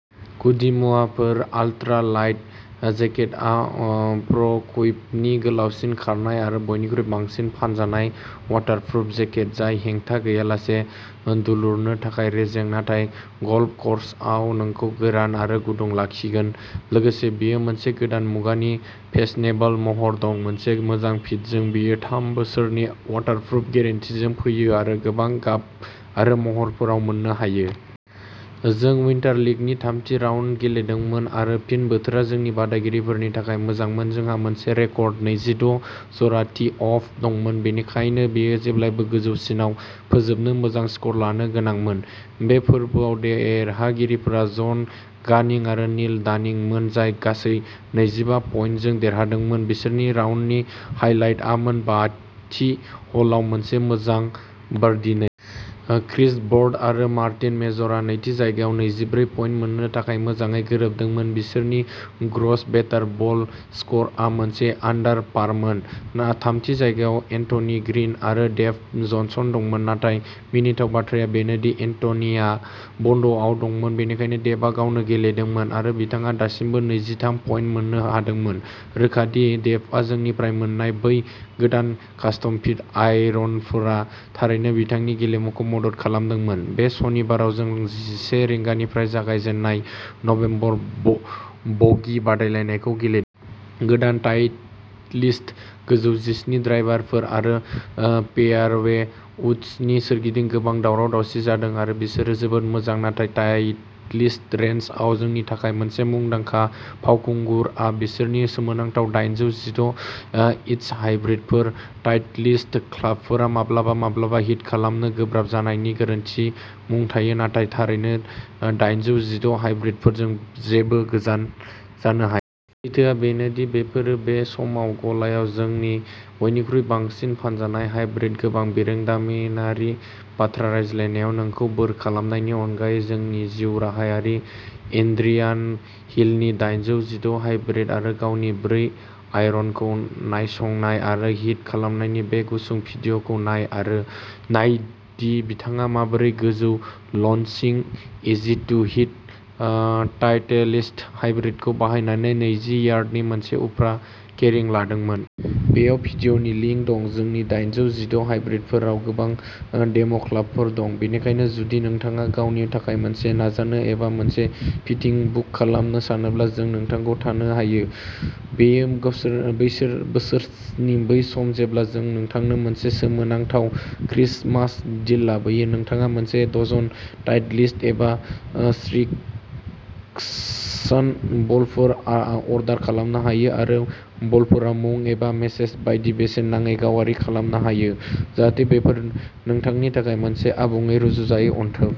गुदिमुवाफोर ultra light जेकेटआ प्र'कुइपनि गोलावसिन खारनाय आरो बयनिख्रुइ बांसिन फानजानाय अवाटारप्रुफ जेकेट जाय हेंथा गैयालासे दुलुरनो थाखाय रेजें नाथाय गल्फ कर्सआव नोंखौ गोरान आरो गुदुं लाखिगोन लोगोसे बेयो मोनसे गोदान मुगानि फेशनेबल महर दं, मोनसे मोजां फिटजों, बेयो थाम बोसोरनि अवाटारप्रुफ गेरेन्टिजों फैयो आरो गोबां गाब आरो महरफोराव मोननो हायो। जों उइन्टार लिगनि थामथि राउन्ड गेलेदोंमोन आरो फिन बोथोरा जोंनि बादायगिरिफोरनि थाखाय मोजांमोन जोंहा मोनसे रेकर्ड नैजिद’ जरा टि आप दंमोन बेनिखायनो बेयो जेब्लाबो गोजौसिनाव फोजोबनो मोजां स्कर लानो गोनांमोन। बे फोरबोआव देरहागिरिफोरा जन गानिं आरो नील डानिंमोन जाय गासै नैजिबा पइन्टजों देरहादोंमोन बिसोरनि राउन्डनि हाइलाइटआमोन बाथि ह'लाव मोनसे मोजां बार्डी नै। ओ क्रिस बार्ड आरो मार्टिन मेजरआ नैथि जायगायाव नैजिब्रै पइन्ट मोननो थाखाय मोजाङै गोरोबदोंमोन, बिसोरनि ग्र'स बेटार बल स्क'रआ मोनसे आन्डार पारमोन, थामथि जायगायाव एन्टनि ग्रिन आरो डेभ जनसन दंमोन, नाथाय मिनिथाव बाथ्राया बेनो दि एन्टनिआ बन्द'आव दंमोन बेनिखायनो डेभआ गावनो गेलेनांदोंमोन आरो बिथाङा दासिमबो नैजिथाम पइन्ट मोननो हादोंमोन, रोखा दि डेभआ जोंनिफ्राय मोननाय बै गोदान कास्टम फिट आयरनफोरा थारैनो बिथांनि गेलेमुखौ मदद खालामदों बे सनिबाराव जों जिसे रिंगानिफ्राय जागायजेननाय नबेम्बर ब-बगि बादायलायनायखौ गेले। गोदान टाइटलिस्ट गुजौ जिस्नि ड्राइभारफोर आरो ओ फेयारवे उड्सनि सोरगिदिं गोबां दावराव-दावसि जादों आरो बिसोरो जोबोद मोजां नाथाय टाइटलिस्ट रेन्जआव जोंनि थाखाय मोनसे मुंदांखा फावखुंगुरआ बिसोरनि सोमोनांथाव दाइनजौ जिद’ ओ एच हाइब्रिडफोर, टाइटलिस्ट क्लाबफोरा माब्लाबा माब्लाबा हिट खालामनो गोब्राब जानायनि गोरोन्थि मुं थायो नाथाय थारैनो दाइनजौ जिद’ हाइब्रिडफोरजों जेबो गोजान जानो हाया। सैथोआ बेनो दि बेफोरो बे समाव गलायाव जोंनि बयनिख्रुइ बांसिन फानजानाय हाइब्रिद गोबां बिरोंदामिनारि बाथ्रा रायज्लायनायाव नोंखौ बोर खालामनायनि अनगायै जोंनि जिउराहायारि एड्रियान हिलनि दाइनजौ जिद’ हाइब्रिद आरो गावनि ब्रै आयरनखौ नायसंनाय आरो हिट खालामनायनि बे गुसुं भिडिय'खौ नाय आरो नायदि बिथाङा माबोरै गोजौ लन्चिं इजि टु हिट ओ टाइटेलिस्ट हाइब्रिदखौ बाहायनानै नैजि यार्डनि मोनसे उफ्रा केरि लादोंमोन। बेयाव भिडिय'नि लिंक दं। जोंनि दाइनजौ जिद’ हाइब्रिदफोराव गोबां डेम'क्लाबफोर दं, बेनिखायनो जुदि नोंथाङा गावनि थाखाय मोनसे नाजानो एबा मोनसे फिटिं बुक खालामनो सानोब्ला जों नोंथांखौ थानो हायो। बेयो गावसोर बैसोर बोसोरनि बै सम जेब्ला जों नोंथांनो मोनसे सोमोनांथाव क्रिसमास डिल लाबोयो, नोंथाङा मोनसे डजन टाइटेलिस्ट एबा श्रिक्सन बलफोर अर्डार खालामनो हायो आरो बलफोराव मुं एबा मेसेज बायदि बेसेन नाङै गावारि खालामनो हायो, जाहाथे बेफोर नोंथांनि थाखाय मोनसे आबुङै रुजुजायै अनथोब।